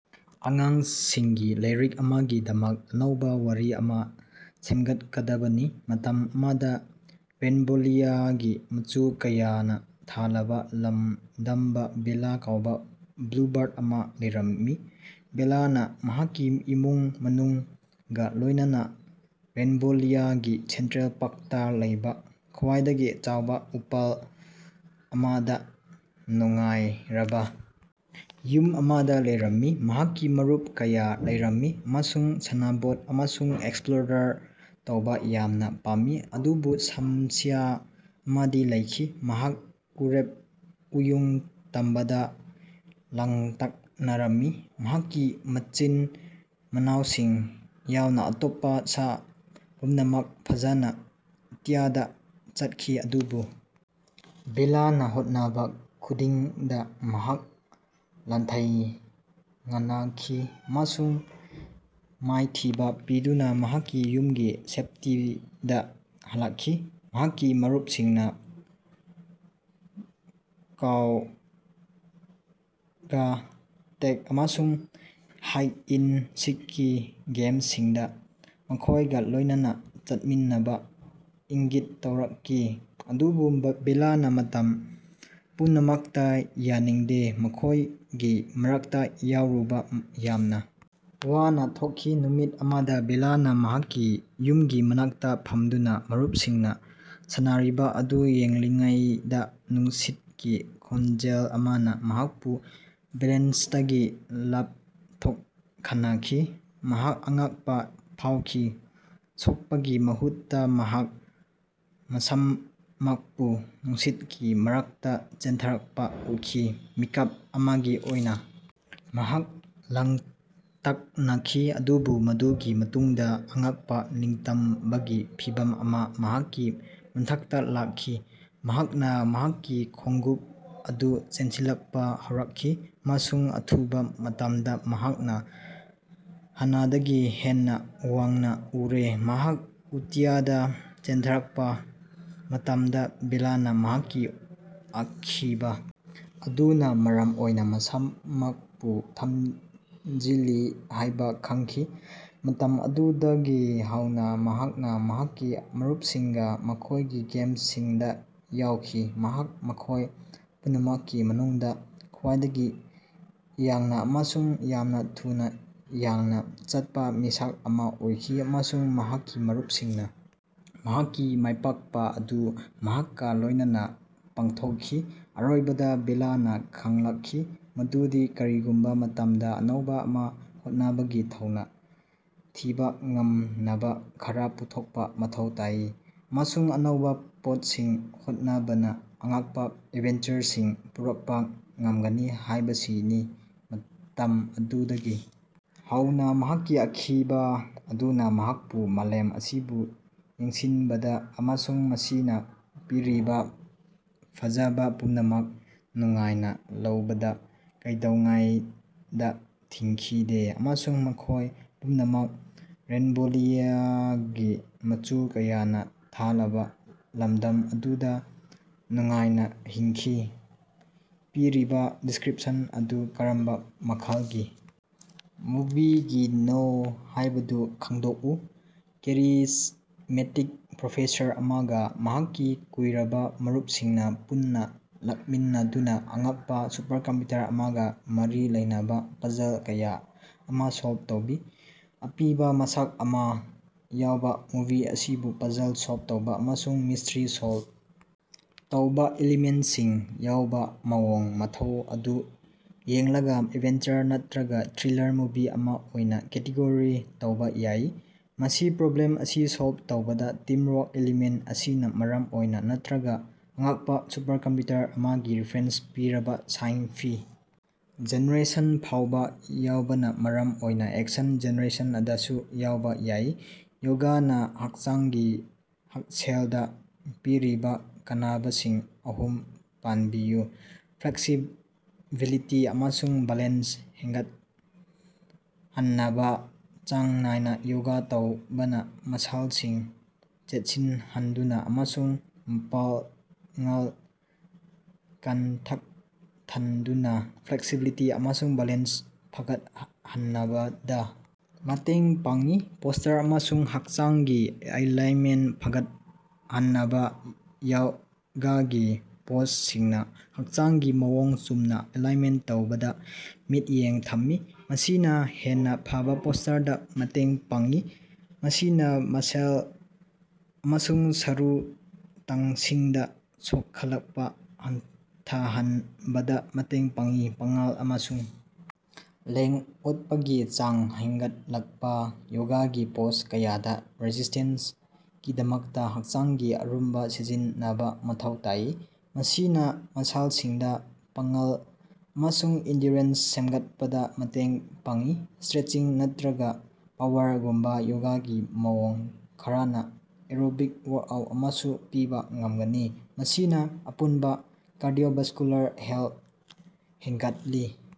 ꯑꯉꯥꯡꯁꯤꯡꯒꯤ ꯂꯥꯏꯔꯤꯛ ꯑꯃꯒꯤꯗꯃꯛ ꯑꯅꯧꯕꯥ ꯋꯥꯔꯤ ꯑꯃꯥ ꯁꯦꯝꯒꯠꯀꯗꯕꯅꯤ꯫ ꯃꯇꯝ ꯑꯃꯗꯥ ꯔꯦꯟꯕꯣꯂꯤꯌꯥꯒꯤ ꯃꯆꯨ ꯀꯌꯥꯅꯥ ꯊꯜꯂꯕꯥ ꯂꯝꯗꯝꯗꯥ ꯕꯦꯜꯂꯥ ꯀꯧꯕꯥ ꯕ꯭ꯂꯨꯕꯔꯗ ꯑꯃꯥ ꯂꯩꯔꯝꯃꯤ꯫ ꯕꯦꯜꯂꯥꯅꯥ ꯃꯍꯥꯛꯀꯤ ꯏꯃꯨꯡ ꯃꯅꯨꯡꯒꯥ ꯂꯣꯏꯅꯅꯥ ꯔꯦꯟꯕꯣꯂꯤꯌꯥꯒꯤ ꯁꯦꯟꯇ꯭ꯔꯦꯜ ꯄꯥꯛꯇꯥ ꯂꯩꯕꯥ ꯈ꯭ꯋꯥꯏꯗꯒꯤ ꯆꯥꯎꯕꯥ ꯎꯄꯥꯜ ꯑꯃꯗꯥ ꯅꯨꯡꯉꯥꯏꯔꯕꯥ ꯌꯨꯝ ꯑꯃꯗꯥ ꯂꯩꯔꯝꯃꯤ꯫ ꯃꯍꯥꯛꯀꯤ ꯃꯔꯨꯞ ꯀꯌꯥ ꯂꯩꯔꯝꯃꯤ ꯑꯃꯁꯨꯡ ꯁꯥꯟꯅꯄꯣꯠ ꯑꯃꯁꯨꯡ ꯑꯦꯛꯁꯄ꯭ꯂꯣꯔ ꯇꯧꯕꯥ ꯌꯥꯝꯅꯥ ꯄꯥꯝꯃꯤ ꯑꯗꯨꯕꯨ ꯁꯝꯁ꯭ꯌꯥ ꯑꯃꯗꯤ ꯂꯩꯈꯤ꯫ ꯃꯍꯥꯛ ꯎꯔꯦꯞ ꯎꯌꯨꯡ ꯇꯝꯕꯗꯥ ꯂꯥꯡꯇꯛꯅꯔꯝꯃꯤ꯫ ꯃꯍꯥꯛꯀꯤ ꯃꯆꯤꯟ-ꯃꯅꯥꯎꯁꯤꯡ ꯌꯥꯎꯅꯥ ꯑꯇꯣꯞꯄꯥ ꯁꯥ ꯄꯨꯝꯅꯃꯛ ꯐꯖꯅꯥ ꯑꯇꯤꯌꯥꯗꯥ ꯆꯠꯈꯤ ꯑꯗꯨꯕꯨ ꯕꯦꯜꯂꯥꯅꯥ ꯍꯣꯠꯅꯕꯥ ꯈꯨꯗꯤꯡꯗꯥ ꯃꯍꯥꯛ ꯂꯥꯟꯊꯦꯡꯅꯈꯤ ꯑꯃꯁꯨꯡ ꯃꯥꯏꯊꯤꯕꯥ ꯄꯤꯗꯨꯅꯥ ꯃꯍꯥꯛꯀꯤ ꯌꯨꯝꯒꯤ ꯁꯦꯞꯇꯤꯗꯥ ꯍꯜꯂꯛꯈꯤ꯫ ꯃꯍꯥꯛꯀꯤ ꯃꯔꯨꯞꯁꯤꯡꯅꯥ ꯀꯧꯔꯒꯥ ꯇꯦꯛ ꯑꯃꯁꯨꯡ ꯍꯥꯏꯠ-ꯐꯟ-ꯁꯤꯛꯀꯤ ꯒꯦꯝꯁꯤꯡꯗꯥ ꯃꯈꯣꯏꯒꯥ ꯂꯣꯏꯅꯅꯥ ꯆꯠꯃꯤꯟꯅꯅꯕꯥ ꯏꯪꯒꯤꯠ ꯇꯧꯔꯛꯏ ꯑꯗꯨꯕꯨ ꯕꯦꯜꯂꯥꯅꯥ ꯃꯇꯝ ꯄꯨꯝꯅꯃꯛꯇꯥ ꯌꯥꯅꯤꯡꯗꯦ, ꯃꯈꯣꯏꯒꯤ ꯃꯔꯛꯇꯥ ꯌꯥꯎꯔꯨꯕꯥ ꯌꯥꯝꯅꯥ ꯋꯥꯅꯥ ꯊꯣꯛꯈꯤ꯫ ꯅꯨꯃꯤꯠ ꯑꯃꯗꯥ ꯕꯦꯜꯂꯥꯅꯥ ꯃꯍꯥꯛꯀꯤ ꯌꯨꯝꯒꯤ ꯃꯅꯥꯛꯇꯥ ꯐꯝꯗꯨꯅꯥ ꯃꯔꯨꯞꯁꯤꯡꯅꯥ ꯁꯥꯟꯅꯔꯤꯕꯥ ꯑꯗꯨ ꯌꯦꯡꯂꯤꯉꯩꯗꯥ ꯅꯨꯡꯁꯤꯠꯀꯤ ꯈꯣꯡꯖꯦꯜ ꯑꯃꯅꯥ ꯃꯍꯥꯛꯄꯨ ꯕꯦꯂꯦꯟꯁꯇꯒꯤ ꯂꯥꯞꯊꯣꯛꯍꯟꯈꯤ꯫ ꯃꯍꯥꯛ ꯑꯉꯛꯄꯥ ꯐꯥꯎꯈꯤ, ꯁꯣꯛꯄꯒꯤ ꯃꯍꯨꯠꯇꯥ ꯃꯍꯥꯛ ꯃꯁꯥꯃꯛꯄꯨ ꯅꯨꯡꯁꯤꯠꯀꯤ ꯃꯔꯛꯇꯥ ꯆꯦꯟꯊꯔꯛꯄꯥ ꯎꯈꯤ꯫ ꯃꯤꯀꯨꯞ ꯑꯃꯒꯤ ꯑꯣꯏꯅꯥ ꯃꯍꯥꯛ ꯂꯥꯡꯇꯛꯅꯈꯤ, ꯑꯗꯨꯕꯨ ꯃꯗꯨꯒꯤ ꯃꯇꯨꯡꯗꯥ ꯑꯉꯛꯄꯥ ꯅꯤꯡꯇꯝꯕꯒꯤ ꯐꯤꯚꯝ ꯑꯃꯥ ꯃꯍꯥꯛꯀꯤ ꯃꯊꯛꯇꯥ ꯂꯥꯛꯈꯤ꯫ ꯃꯍꯥꯛꯅꯥ ꯃꯍꯥꯛꯀꯤ ꯈꯣꯡꯎꯞ ꯑꯗꯨ ꯆꯦꯟꯁꯤꯜꯂꯛꯄꯥ ꯍꯧꯔꯛꯈꯤ ꯑꯃꯁꯨꯡ ꯑꯊꯨꯕꯥ ꯃꯇꯝꯗꯥ ꯃꯍꯥꯛꯅꯥ ꯍꯥꯟꯅꯗꯒꯤ ꯍꯦꯟꯅꯥ ꯋꯥꯡꯅꯥ ꯎꯔꯦ꯫ ꯃꯍꯥꯛ ꯑꯇꯤꯌꯥꯗꯥ ꯆꯦꯟꯊꯔꯛꯄꯥ ꯃꯇꯝꯗꯥ ꯕꯦꯜꯂꯥꯅꯥ ꯃꯍꯥꯛꯀꯤ ꯑꯀꯤꯕꯥ ꯑꯗꯨꯅꯥ ꯃꯔꯝ ꯑꯣꯏꯗꯨꯅꯥ ꯃꯁꯥꯃꯛꯄꯨ ꯊꯝꯖꯤꯜꯂꯤ ꯍꯥꯏꯕꯥ ꯈꯪꯈꯤ꯫ ꯃꯇꯝ ꯑꯗꯨꯗꯒꯤ ꯍꯧꯅꯥ ꯃꯍꯥꯛꯅꯥ ꯃꯍꯥꯛꯀꯤ ꯃꯔꯨꯞꯁꯤꯡꯒꯥ ꯃꯈꯣꯏꯒꯤ ꯒꯦꯝꯁꯤꯡꯗꯥ ꯌꯥꯎꯈꯤ꯫ ꯃꯍꯥꯛ ꯃꯈꯣꯏ ꯄꯨꯝꯅꯃꯛꯀꯤ ꯃꯅꯨꯡꯗꯥ ꯈ꯭ꯋꯥꯏꯗꯒꯤ ꯌꯥꯡꯅꯥ ꯑꯃꯁꯨꯡ ꯌꯥꯝꯅꯥ ꯊꯨꯅꯥ ꯌꯥꯡꯅꯥ ꯆꯠꯄꯥ ꯃꯤꯁꯛ ꯑꯃꯥ ꯑꯣꯏꯈꯤ ꯑꯃꯁꯨꯡ ꯃꯍꯥꯛꯀꯤ ꯃꯔꯨꯞꯁꯤꯡꯅꯥ ꯃꯍꯥꯛꯀꯤ ꯃꯥꯏꯄꯥꯛꯄꯥ ꯑꯗꯨ ꯃꯍꯥꯛꯀꯥ ꯂꯣꯏꯅꯅꯥ ꯄꯥꯡꯊꯣꯛꯈꯤ꯫ ꯑꯔꯣꯏꯕꯗꯥ ꯕꯦꯜꯂꯥꯅꯥ ꯈꯪꯂꯛꯈꯤ ꯃꯗꯨꯗꯤ ꯀꯔꯤꯒꯨꯝꯕꯥ ꯃꯇꯝꯗꯥ ꯑꯅꯧꯕꯥ ꯑꯃꯥ ꯍꯣꯠꯅꯕꯒꯤ ꯊꯧꯅꯥ ꯊꯤꯕꯥ ꯉꯝꯅꯕꯥ ꯈꯔꯥ ꯄꯨꯊꯣꯛꯄꯥ ꯃꯊꯧ ꯇꯥꯏ꯫ ꯑꯃꯁꯨꯡ ꯑꯅꯧꯕꯥ ꯄꯣꯠꯁꯤꯡ ꯍꯣꯠꯅꯕꯅꯥ ꯑꯉꯛꯄꯥ ꯑꯦꯗꯚꯦꯟꯆꯔꯁꯤꯡ ꯄꯨꯔꯛꯄꯥ ꯉꯝꯒꯅꯤ ꯍꯥꯏꯕꯁꯤꯅꯤ꯫ ꯃꯇꯝ ꯑꯗꯨꯗꯒꯤ ꯍꯧꯅꯥ ꯃꯍꯥꯛꯀꯤ ꯑꯀꯤꯕꯥ ꯑꯗꯨꯅꯥ ꯃꯍꯥꯛꯄꯨ ꯃꯥꯂꯦꯝ ꯑꯁꯤꯕꯨ ꯌꯦꯡꯁꯤꯟꯕꯗꯥ ꯑꯃꯁꯨꯡ ꯃꯁꯤꯅꯥ ꯄꯤꯔꯤꯕꯥ ꯐꯖꯕꯥ ꯄꯨꯝꯅꯃꯛ ꯅꯨꯡꯉꯥꯏꯅꯥ ꯂꯧꯕꯗꯥ ꯀꯩꯗꯧꯉꯩꯗꯥ ꯊꯤꯡꯈꯤꯗꯦ꯫ ꯑꯃꯁꯨꯡ ꯃꯈꯣꯏ ꯄꯨꯝꯅꯃꯛ ꯔꯦꯟꯕꯣꯂꯤꯌꯥꯒꯤ ꯃꯆꯨ ꯀꯌꯥꯅꯥ ꯊꯜꯂꯕꯥ ꯂꯝꯗꯝ ꯑꯗꯨꯗꯥ ꯅꯨꯡꯉꯥꯏꯅꯥ ꯍꯤꯡꯈꯤ꯫ ꯄꯤꯔꯤꯕꯥ ꯗꯤꯁꯀ꯭ꯔꯤꯄꯁꯟ ꯑꯗꯨ ꯀꯔꯝꯕꯥ ꯃꯈꯜꯒꯤ ꯃꯨꯚꯤꯒꯤꯅꯣ ꯍꯥꯏꯕꯗꯨ ꯈꯪꯗꯣꯛꯎ꯫ ꯀꯦꯔꯤꯖꯃꯦꯇꯤꯛ ꯄ꯭ꯔꯣꯐꯦꯁꯔ ꯑꯃꯒꯥ ꯃꯍꯥꯛꯀꯤ ꯀꯨꯏꯔꯕꯥ ꯃꯔꯨꯞꯁꯤꯡꯅꯥ ꯄꯨꯟꯅꯥ ꯂꯥꯛꯃꯤꯟꯅꯗꯨꯅꯥ ꯑꯉꯛꯄꯥ ꯁꯨꯄꯔꯀꯝꯄ꯭ꯌꯨꯇꯔ ꯑꯃꯒꯥ ꯃꯔꯤ ꯂꯩꯅꯕꯥ ꯄꯥꯖꯜ ꯀꯌꯥ ꯑꯃꯥ ꯁꯣꯜꯕ ꯇꯧꯏ꯫ ꯑꯄꯤꯕꯥ ꯃꯁꯛ ꯑꯃꯥ ꯌꯥꯎꯕꯥ ꯃꯨꯚꯤ ꯑꯁꯤꯕꯨ ꯄꯥꯖꯜ ꯁꯣꯜꯕ ꯇꯧꯕꯥ ꯑꯃꯁꯨꯡ ꯃꯤꯁꯇ꯭ꯔꯤ ꯁꯣꯜ ꯇꯧꯕꯥ ꯏꯂꯤꯃꯦꯟꯁꯤꯡ ꯌꯥꯎꯕꯥ ꯃꯑꯣꯡ ꯃꯇꯧ ꯑꯗꯨ ꯌꯦꯡꯂꯒꯥ ꯑꯦꯗꯚꯦꯟꯆꯔ ꯅꯠꯇ꯭ꯔꯒꯥ ꯊ꯭ꯔꯤꯂꯥꯔ ꯃꯨꯚꯤ ꯑꯃꯥ ꯑꯣꯏꯅꯥ ꯀꯦꯇꯦꯒꯣꯔꯤ ꯇꯧꯕꯥ ꯌꯥꯏ꯫ ꯃꯁꯤ ꯄ꯭ꯔꯣꯕ꯭ꯂꯦꯝ ꯑꯁꯤ ꯁꯣꯜꯕ ꯇꯧꯕꯗꯥ ꯇꯤꯝꯋꯥꯛ ꯏꯂꯤꯃꯦꯟ ꯑꯁꯤꯅꯥ ꯃꯔꯝ ꯑꯣꯏꯗꯨꯅꯥ ꯅꯠꯇ꯭ꯔꯒꯥ ꯑꯉꯛꯄꯥ ꯁꯨꯄꯔꯀꯝꯄ꯭ꯌꯨꯇꯔ ꯑꯃꯒꯤ ꯔꯤꯐꯔꯦꯟꯁ ꯄꯤꯔꯕꯥ ꯁꯥꯏ-ꯐꯤ ꯖꯦꯅꯔꯦꯁꯟ ꯐꯥꯎꯕꯥ ꯌꯥꯎꯕꯅꯥ ꯃꯔꯝ ꯑꯣꯏꯗꯨꯅꯥ ꯑꯦꯛꯁꯟ ꯖꯦꯅꯔꯗꯁꯨ ꯌꯥꯎꯕꯥ ꯌꯥꯏ꯫ ꯌꯣꯒꯅꯥ ꯍꯛꯆꯥꯡꯒꯤ ꯍꯛꯁꯦꯜꯗꯥ ꯄꯤꯔꯤꯕꯥ ꯀꯥꯟꯅꯕꯁꯤꯡ ꯑꯍꯨꯝ ꯄꯟꯕꯤꯌꯨ꯫ ꯐ꯭ꯂꯦꯛꯁꯤꯕꯤꯂꯤꯇꯤ ꯑꯃꯁꯨꯡ ꯕꯦꯂꯦꯟꯁ ꯍꯦꯟꯒꯠꯍꯟꯕꯥ ꯆꯥꯡ ꯅꯥꯏꯅꯥ ꯌꯣꯒꯥ ꯇꯧꯕꯅꯥ ꯃꯁꯜꯁꯤꯡ ꯆꯦꯠꯁꯤꯂꯍꯟꯗꯨꯅꯥ ꯑꯃꯁꯨꯡ ꯃꯄꯥꯡꯒꯜ ꯀꯟꯈꯠꯍꯟꯗꯨꯅꯥ ꯐ꯭ꯂꯦꯛꯁꯤꯕꯤꯂꯤꯇꯤ ꯑꯃꯁꯨꯡ ꯕꯦꯂꯦꯟꯁ ꯐꯒꯠꯍꯟꯅꯕꯗꯥ ꯃꯇꯦꯡ ꯄꯥꯡꯏ꯫ ꯄꯣꯁꯇꯔ ꯑꯃꯁꯨꯡ ꯍꯛꯆꯥꯡꯒꯤ ꯑꯦꯂꯥꯏꯟꯃꯦꯟ ꯐꯒꯠꯍꯟꯕꯥ ꯌꯣꯒꯥꯒꯤ ꯄꯣꯖꯁꯤꯡꯅꯥ ꯍꯛꯆꯥꯡꯒꯤ ꯃꯑꯣꯡ ꯆꯨꯝꯅꯥ ꯑꯦꯂꯥꯏꯟꯃꯦꯟ ꯇꯧꯕꯗꯥ ꯃꯤꯠꯌꯦꯡ ꯊꯝꯃꯤ, ꯃꯁꯤꯅꯥ ꯍꯦꯟꯅꯥ ꯐꯕꯥ ꯄꯣꯁꯇꯔꯗꯥ ꯃꯇꯦꯡ ꯄꯥꯡꯏ, ꯃꯁꯤꯅꯥ ꯃꯁꯜ ꯑꯃꯁꯨꯡ ꯁꯔꯨ ꯇꯥꯡꯁꯤꯡꯗꯥ ꯁꯣꯛꯍꯜꯂꯛꯄꯥ ꯍꯟꯊꯍꯟꯕꯗꯥ ꯃꯇꯦꯡ ꯄꯥꯡꯏ꯫ ꯄꯥꯡꯒꯜ ꯑꯃꯁꯨꯡ ꯂꯦꯡ-ꯑꯣꯠꯄꯒꯤ ꯆꯥꯡ ꯍꯦꯟꯒꯠꯂꯛꯄꯥ ꯌꯣꯒꯥꯒꯤ ꯄꯣꯖ ꯀꯌꯥꯗꯥ ꯔꯦꯁꯤꯁꯇꯦꯟꯁꯀꯤꯗꯃꯛꯇꯥ ꯍꯛꯆꯥꯡꯒꯤ ꯑꯔꯨꯝꯕꯥ ꯁꯤꯖꯤꯟꯅꯕꯥ ꯃꯊꯧ ꯇꯥꯏ, ꯃꯁꯤꯅꯥ ꯃꯁꯜꯁꯤꯡꯗꯥ ꯄꯥꯡꯒꯜ ꯑꯃꯁꯨꯡ ꯑꯦꯟꯗꯨꯔꯦꯟꯁ ꯁꯦꯝꯒꯠꯄꯗꯥ ꯃꯇꯦꯡ ꯄꯥꯡꯏ꯫ ꯏꯁꯇ꯭ꯔꯦꯡꯀ ꯅꯠꯇ꯭ꯔꯒꯥ ꯄꯥꯋꯔꯒꯨꯝꯕꯥ ꯌꯣꯒꯒꯤ ꯃꯑꯣꯡ ꯈꯔꯅꯥ ꯑꯦꯔꯣꯕꯤꯛ ꯋꯥꯛꯑꯥꯎꯠ ꯑꯃꯁꯨ ꯄꯤꯕꯥ ꯉꯝꯒꯅꯤ, ꯃꯁꯤꯅꯥ ꯑꯄꯨꯟꯕꯥ ꯀꯥꯔꯗꯤꯑꯣꯚꯥꯁꯀꯨꯂꯥꯔ ꯍꯦꯜꯊ ꯍꯦꯟꯒꯠꯍꯜꯂꯤ꯫